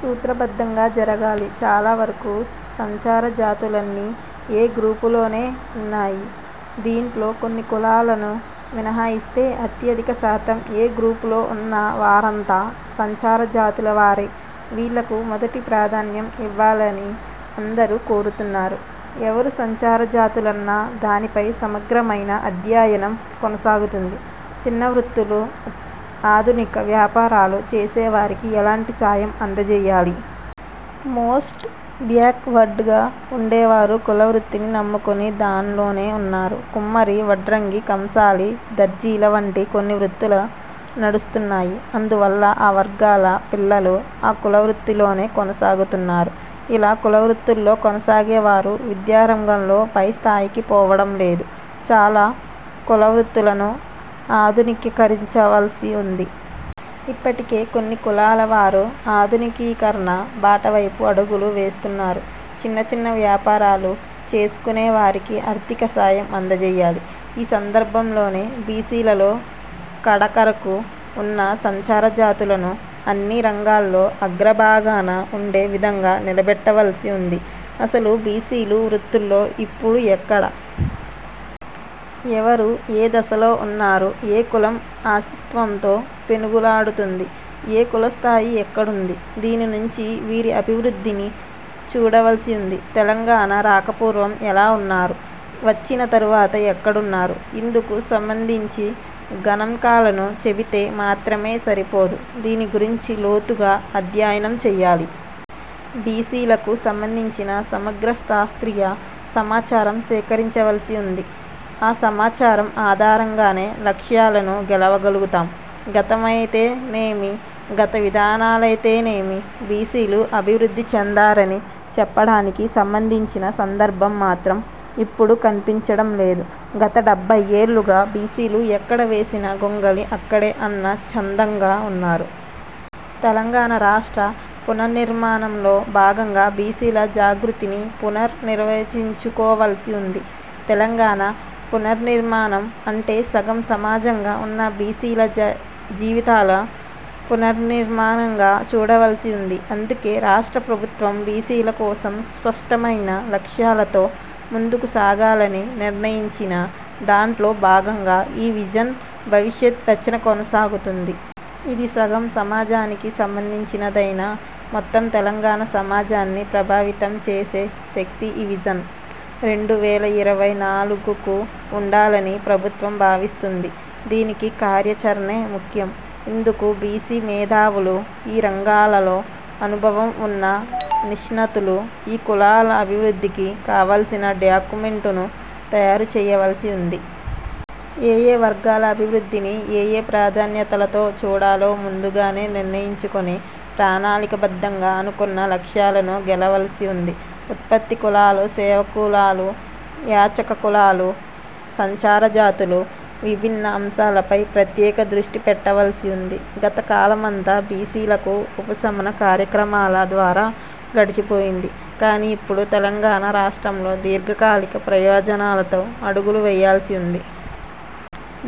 సూత్రబద్ధంగా జరగాలి. చాలా వరకు సంచారజాతులన్నీ 'ఏ' గ్రూపులోనే ఉన్నాయి. దీంట్లో కొన్ని కులాలను మినహాయిస్తే అత్యధిక శాతం 'ఏ' గ్రూపులో ఉన్న వారంతా సంచారజాతులవారే. వీళ్లకు మొదటి ప్రాధాన్యం ఇవ్వాలని అందరూ కోరుతున్నారు. ఎవరు సంచారజాతులన్న దానిపై సమగ్రమైన అధ్యయనం కొనసాగుతుంది. చిన్న వృత్తులు, ఆధునిక వ్యాపారాలు చేసేవారికి ఎలాంటి సాయం అందజేయాలి. మోస్ట్ బ్యాక్ వర్డ్ గా ఉండేవారు కులవృత్తిని నమ్ముకొని దాన్లోనే ఉన్నారు. కుమ్మరి, వడ్రంగి, కంసాలి, దర్జీల వంటి కొన్ని వృత్తులు నడుస్తున్నాయి. అందువల్ల ఆ వర్గాల పిల్లలు ఆ కులవృత్తిలోనే కొనసాగుతున్నారు. ఇలా కులవృత్తుల్లో కొనసాగేవారు విద్యారంగంలో పైస్థాయికి పోవడం లేదు. చాలా కులవృత్తులను ఆధునికీకరించవల్సి ఉంది. ఇప్పటికే కొన్ని కులాల వారు ఆధునికీకరణ బాటవైపు అడుగులు వేస్తున్నారు. చిన్నచిన్న వ్యాపారాలు చేసుకునే వారికి ఆర్థిక సాయం అందజేయాలి. ఈ సందర్భంలోనే బీసీలలో కడాఖరుకు ఉన్న సంచారజాతులను అన్ని రంగాల్లో అగ్రభాగాన ఉండే విధంగా నిలబెట్టవల్సి ఉంది. అసలు బీసీలు వృత్తుల్లో ఇప్పుడు ఎక్కడ? ఎవరు? ఏ దశలో ఉన్నారు? ఏ కులం అస్తిత్వంతో పెనుగులాడుతుంది. ఏ కుల స్థాయి ఎక్కడుంది? దీని నుంచి వీరి అభివృద్ధిని చూడవల్సి ఉంది. తెలంగాణ రాకపూర్వం ఎలా ఉన్నారు? వచ్చిన తర్వాత ఎక్కడున్నారు? ఇందుకు సంబంధించి గణాంకాలను చెబితే మాత్రమే సరిపోదు. దీని గురించి లోతుగా అధ్యయనం చేయాలి. బీసీలకు సంబంధించిన సమగ్ర శాస్త్రీయ సమాచారం సేకరించవల్సి ఉంది. ఆ సమాచారం ఆధారంగానే లక్ష్యాలను గెలవగలుతాం. గతమైతేనేమి, గత విధానాలైతేనేమి బీసీలు అభివృద్ధి చెందారని చెప్పడానికి సంబంధించిన సందర్భం మాత్రం ఇప్పుడు కన్పించడం లేదు. గత డెబ్బై ఏళ్లుగా బీసీలు ఎక్కడ వేసిన గొంగళి అక్కడే అన్న చందంగా ఉన్నారు. తెలంగాణ రాష్ట్ర పునర్నిర్మాణంలో భాగంగా బీసీల జాగృతిని పునర్ నిర్వచించుకోవల్సి ఉంది. తెలంగాణ పునర్నిర్మాణం అంటే సగం సమాజంగా ఉన్న బీసీల జీవితాలు పునర్నిర్మాణంగా చూడవల్సి ఉంది. అందుకే రాష్ట్ర ప్రభుత్వం బీసీల కోసం స్పష్టమైన లక్ష్యాలతో ముందుకు సాగాలని నిర్ణయించిన దాంట్లో భాగంగా ఈ విజన్ భవిష్యత్ రచన కొనసాగుతుంది. ఇది సగం సమాజానికి సంబంధించినదైనా మొత్తం తెలంగాణ సమాజాన్ని ప్రభావితం చేసే శక్తి ఈ విజన్ రెండు వేల ఇరవై నాలుగుకు ఉండాలని ప్రభుత్వం భావిస్తుంది. దీనికి కార్యాచరణే ముఖ్యం. ఇందుకు బీసీ మేధావులు, ఈ రంగాలలో అనుభవం ఉన్న నిష్ణాతులు ఈ కులాల అభివృద్ధికి కావాల్సిన డాక్యుమెంటును తయారుచేయవల్సి ఉంది. ఏయే వర్గాల అభివృద్ధిని ఏయే ప్రాధాన్యతలతో చూడాలో ముందుగానే నిర్ణయించుకొని ప్రణాళికబద్ధంగా అనుకున్న లక్ష్యాలను గెలవవలసి ఉంది. ఉత్పత్తి కులాలు, సేవాకులాలు, యాచక కులాలు, సంచారజాతులు విభిన్న అంశాలపై ప్రత్యేక దృష్టిపెట్టవల్సి ఉంది. గత కాలమంతా బీసీలకు ఉపశమన కార్యక్రమాల ద్వారా గడిచిపోయింది. కాని ఇప్పుడు తెలంగాణ రాష్ట్రంలో దీర్ఘకాలిక ప్రయోజనాలతో అడుగులు వేయవల్సి ఉంది.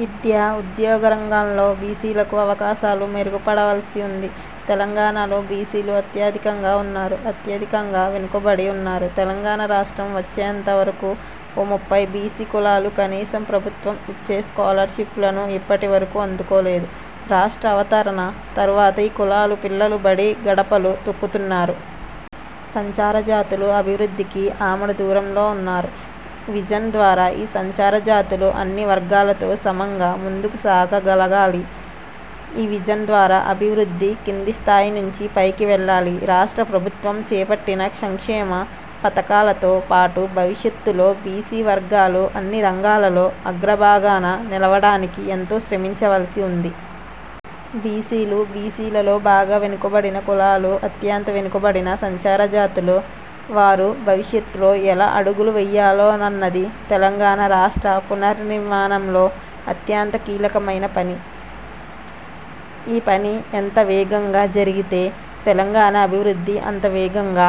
విద్యా, ఉద్యోగరంగాల్లో బీసీలకు అవకాశాలు మెరుగుపడవల్సి ఉంది. తెలంగాణలో బీసీలు అత్యధికంగా ఉన్నారు. అత్యధికంగా వెనుకబడి ఉన్నారు. తెలంగాణ రాష్ట్రం వచ్చేంత వరకు ఓ ముప్పై బీసీ కులాలు కనీసం ప్రభుత్వం ఇచ్చే స్కాలర్ షిప్ లను ఇప్పటి వరకు అందుకోలేదు. రాష్ట్ర అవతరణ తర్వాత ఈ కులాలు పిల్లలు బడి గడపలు తొక్కుతున్నారు. సంచారజాతులు అభివృద్ధికి ఆమడ దూరంలో ఉన్నారు. విజన్ ద్వారా ఈ సంచారజాతులు అన్ని వర్గాలతో సమంగా ముందుకు సాగగలగాలి. ఈ విజన్ ద్వారా అభివృద్ధి కిందిస్థాయినుంచి పైకి వెళ్లాలి. రాష్ట్ర ప్రభుత్వం చేపట్టిన సంక్షేమ పథకాలతో పాటు భవిష్యత్తులో బీసీ వర్గాలు అన్ని రంగాలలో అగ్రభాగాన నిలవడానికి ఎంతో శ్రమించవల్సి ఉంది. బీసీలు, బీసీలలో బాగా వెనుకబడిన కులాలు, అత్యంత వెనుకబడిన సంచారజాతుల వారు భవిష్యత్లో ఎలా అడుగులు వేయాలోనన్నది తెలంగాణ రాష్ట్ర పునర్నిర్మాణంలో అత్యంత కీలకమైన పని. ఈ పని ఎంత వేగంగా జరిగితే తెలంగాణ అభివృద్ధి అంత వేగంగా